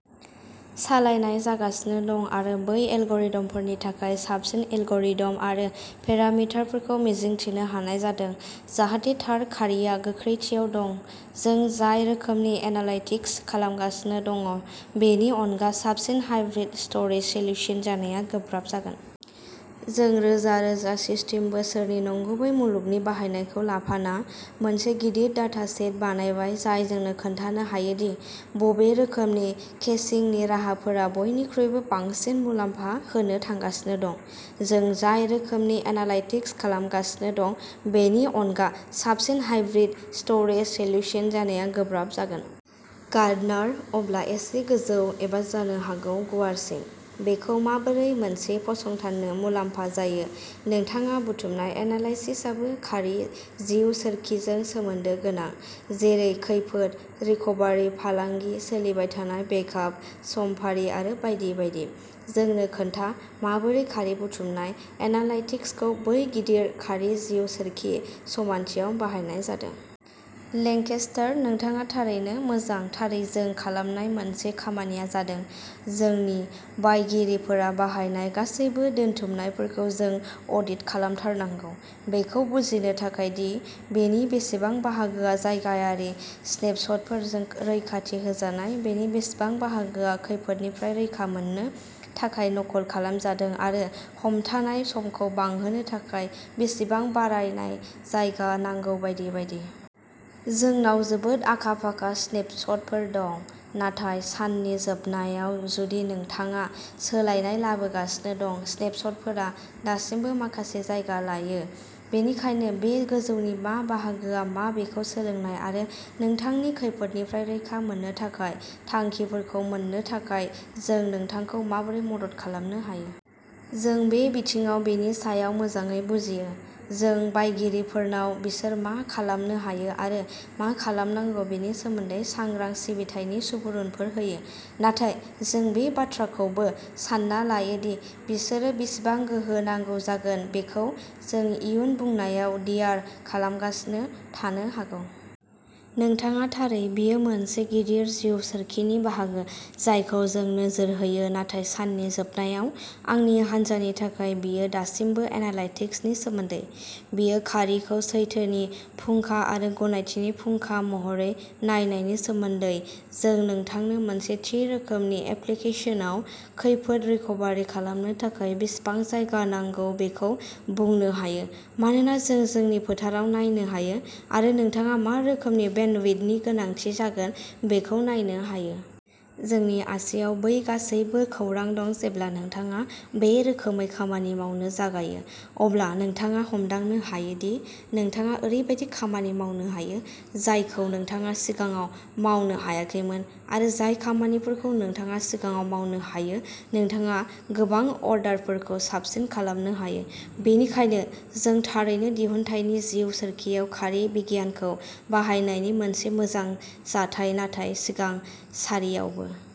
सालायनाय जागासिनो दं आरो बै एलगरिद'मफोरनि थाखाय साबसिन एलगरिद'म आरो पेरामिटारफोरखौ मिजिंथिनो हानाय जादों जाहाथे थार खारिआ गोख्रैथियाव दं जों जाय रोखोमनि एनालाइटिक्स खालामगासिनो दं बेनि अनगा साबसिन हाइब्रिद स्ट'रेज सल्युशन जानाया गोब्राब जागोन। जों रोजा रोजा सिस्टेम बोसोरनि नंगुबै मुलुगनि बाहायनायखौ लाफाना मोनसे गिदिर डाटासेट बानायबाय जाय जोंनो खोन्थानो हायोदि बबे रोखोमनि केशिंनि राहाफोरा बयनिख्रुइबो बांसिन मुलाम्फा होनो थांगासिनो दं। जों जाय रोखोमनि एनालाइटिक्स खालामगासिनो दं बेनि अनगा साबसिन हाइब्रिद स्ट'रेज सल्युशन जानाया गोब्राब जागोन। गार्डनार अब्ला एसे गोजौ एबा जानो हागौ गुवारसिन बेखौ माबोरै मोनसे फसंथाननो मुलाम्फा जायो नोंथाङा बुथुमनाय एनालाइसेसआबो खारि जिउ सोरखिजों सोमोन्दो गोनां जेरै खैफोद रिकभारि फालांगि सोलिबायथानाय बेकआप समफारि आरो बायदि बायदि। जोंनो खोन्था माबोरै खारि बुथुमनाय एनालाइटिक्सखौ बै गिदिर खारि जिउ सोरखि समानथियाव बाहायनाय जादों। लेंकेस्टार नोंथाङा थारैनो मोजां थारै जों खालामनाय मोनसे खामानिया जादों जोंनि बायगिरिफोरा बाहायनाय गासैबो दोनथुमनायफोरखौ जों अडिट खालामथारनांगौ बेखौ बुजिनो थाखाय दि बेनि बेसेबां बाहागोआ जायगायारि स्नेपशटफोरजों रैखाथि होजानाय बेनि बेसेबां बाहागोआ खैफोदनिफ्राय रैखा मोननो थाखाय नखल खालामजादों आरो हमथानाय समखौ बांहोनो थाखाय बेसेबां बारायनाय जायगा नांगौ बायदि बायदि। जोंनाव जोबोद आखा फाखा स्नेपशटफोर दं नाथाय साननि जोबनायाव जुदि नोंथाङा सोलायनाय लाबोगासिनो दं स्नेपशटफोरा दासिमबो माखासे जायगा लायो। बेनिखायनो बे गोजौनि मा बाहागोआ मा बेखौ सोलोंनाय आरो नोंथांनि खैफोदनिफ्राय रैखा मोननो थाखाय थांखिफोरखौ मोन्नो थाखाय जों नोंथांखौ माबोरै मदद खालामनो हायो। जों बे बिथिङाव बेनि सायाव मोजाङै बुजियो। जों बायगिरिफोरनाव बिसोर मा खालामनो हायो आरो मा खालामनांगौ बेनि सोमोन्दै सांग्रां सिबिथायनि सुबुरुनफोर होयो। नाथाय जों बे बाथ्राखौबो सान्ना लायो दि बिसोरो बेसेबां गोहो नांगौ जागोन बेखौ जों इयुन बुंनायाव डिआर खालामगासिनो थानो हागौ। नोंथाङा थारै बेयो मोनसे गिदिर जिउ सोरखिनि बाहागो जायखौ जों नोजोर होयो नाथाय साननि जोबनायाव आंनि हानजानि थाखाय बेयो दासिमबो एनालाइटिक्सनि सोमोन्दै। बेयो खारिखौ सैथोनि फुंखा आरो गनायथिनि फुंखा महरै नायनायनि सोमोन्दै जों नोंथांनो मोनसे थि रोखोमनि एप्लिकेसनआव खैफोद रिकभारि खालामनो थाखाय बेसेबां जायगा नांगौ बेखौ बुंनो हायो मानोना जों जोंनि फोथाराव नायनो हायो आरो नोंथाङा मा रोखोमनि बेन्डविड्थनि गोनांथि जागोन बेखौ नायनो हायो। जोंनि आसिआव बै गासैबो खौरां दं जेब्ला नोंथाङा बे रोखोमै खामानि मावनो जागायो अब्ला नोंथाङा हमदांनो हायो दि नोंथाङा ओरैबायदि खामानि मावनो हायो जायखौ नोंथाङा सिगाङाव मावनो हायाखैमोन आरो जाय खामानिफोरखौ नोंथाङा सिगाङाव मावनो हायो नोंथाङा गोबां अर्डारफोरखौ साबसिन खालामनो हायो बेनिखायनो जों थारैनो दिहुनथायनि जिउ सोरखिआव खारि बिगियानखौ बाहायनायनि मोनसे मोजां जाथाय नाथाय सिगां सारियावबो।